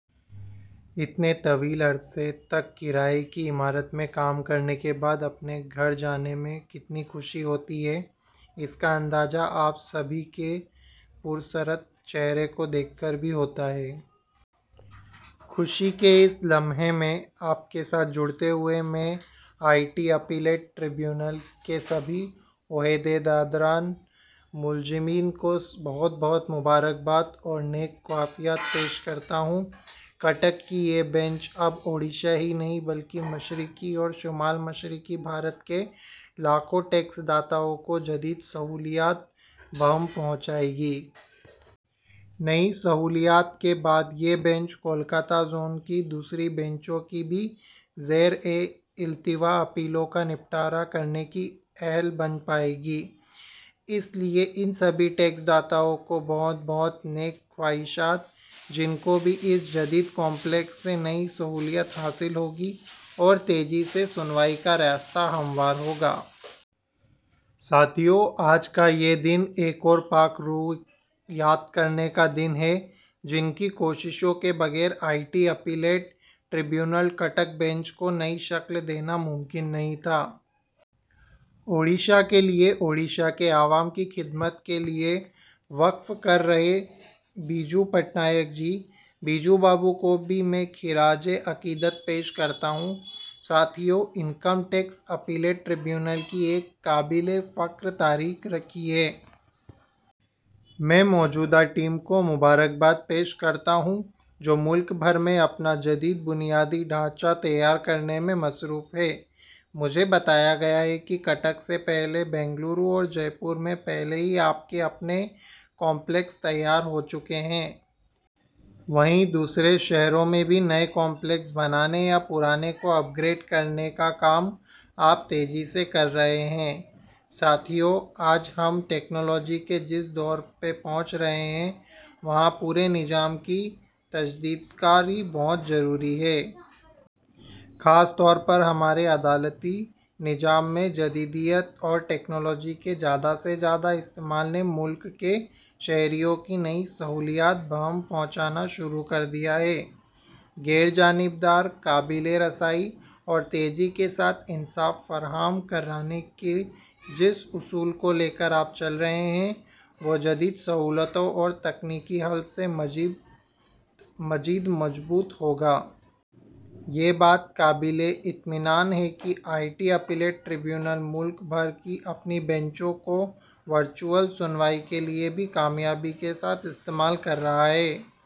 اتنے طویل عرصے تک کرائے کی عمارت میں کام کرنے کے بعد اپنے گھر میں جانے کی خوشی کتنی ہوتی ہے اس کا اندازہ آپ سبھی کے پرمسرت چہروں کو دیکھ کر بھی ہوتا ہے۔ خوشی کے اس لمحے میں آپ کے ساتھ جڑتے ہوئے میں آئی ٹی اپیلیٹ ٹربیونل کے سبھی عہدیداران اور ملازمین کو بہت بہت مبارکباد اور نیک خواہشات پیش کرتا ہوں۔ کٹک کی یہ بینچ اب اڈیشہ ہی نہیں بلکہ مشرقی اور شمال مشرقی بھارت کے لاکھوں ٹیکس دہندگان کو جدید سہولیات بہم پہنچائے گی۔ نئی سہولیات کے بعد یہ بینچ کولکاتا زون کی دوسری بینچوں کی بھی زیر التوا اپیلوں کا نپٹارہ کرنے کی اہل بن پائے گی۔ اس لیے ان سبھی ٹیکس دہندگان کو بھی بہت بہت نیک خواہشات جن کو اس جدید کامپلیکس سے نئی سہولت حاصل ہوگی اور تیزی سے سنوائی کا راستہ ہموار ہوگا۔ ساتھیو، آج کا یہ دن ایک اور پاک روح کو یاد کرنے کا دن ہے جن کی کوششوں کے بغیر I T appellate tribunal Cuttack bench کو نئی شکل دینا ممکن نہیں تھا۔ اڈیشہ کے لیے، اڈیشہ کے عوام کی خدمت کے لیے وقف رہے بیجو پٹنائک جی، بیجو بابو کو بھی میں خراج عقیدت پیش کرتا ہوں۔ ساتھیو، انکم ٹیکس اپیلیٹ ٹربیونل کی ایک قابل فخر تاریخ رہی ہے۔ میں موجودہ ٹیم کو مبارکباد پیش کرتا ہوں جو ملک بھر میں اپنا جدید بنیادی ڈھانچہ تیار کرنے میں مصروف ہے۔ مجھے بتایا گیا ہے کہ کٹک سے پہلے بنگلورو اور جے پور میں پہلے ہی آپ کے اپنے کامپلیکس تیار ہو چکے ہیں۔ وہیں دوسرے شہروں میں بھی نئے کامپلیکس بنانے یا پرانوں کو اپ گریڈ کرنے کا کام آپ تیزی سے کر رہے ہیں۔ ساتھیو، آج ہم ٹیکنالوجی کے جس دور میں پہنچ رہے ہیں وہاں پورے نظام کی تجدید کاری بہت ضروری ہے۔ خاص طور پر ہمارے عدالتی نظام میں جدیدیت اور ٹیکنالوجی کے زیادہ سے زیادہ استعمال نے ملک کے شہریوں کو نئی سہولیات بہم پہنچانا شروع کر دیا ہے۔ غیر جانبدار، قابل رسائی اور تیزی کے ساتھ انصاف فراہم کرانے کے جس اصول کو لے کر آپ چلے ہیں وہ جدید سہولتوں اور تکنیکی حل سے مزید مضبوط ہوگا۔ یہ بات قابل اطمئنان ہے کہ آئی ٹی اپیلیٹ ٹربیونل ملک بھر کی اپنی بینچوں کو ورچوئل سنوائی کے لیے بھی کامیابی کے ساتھ استعمال کر رہا ہے۔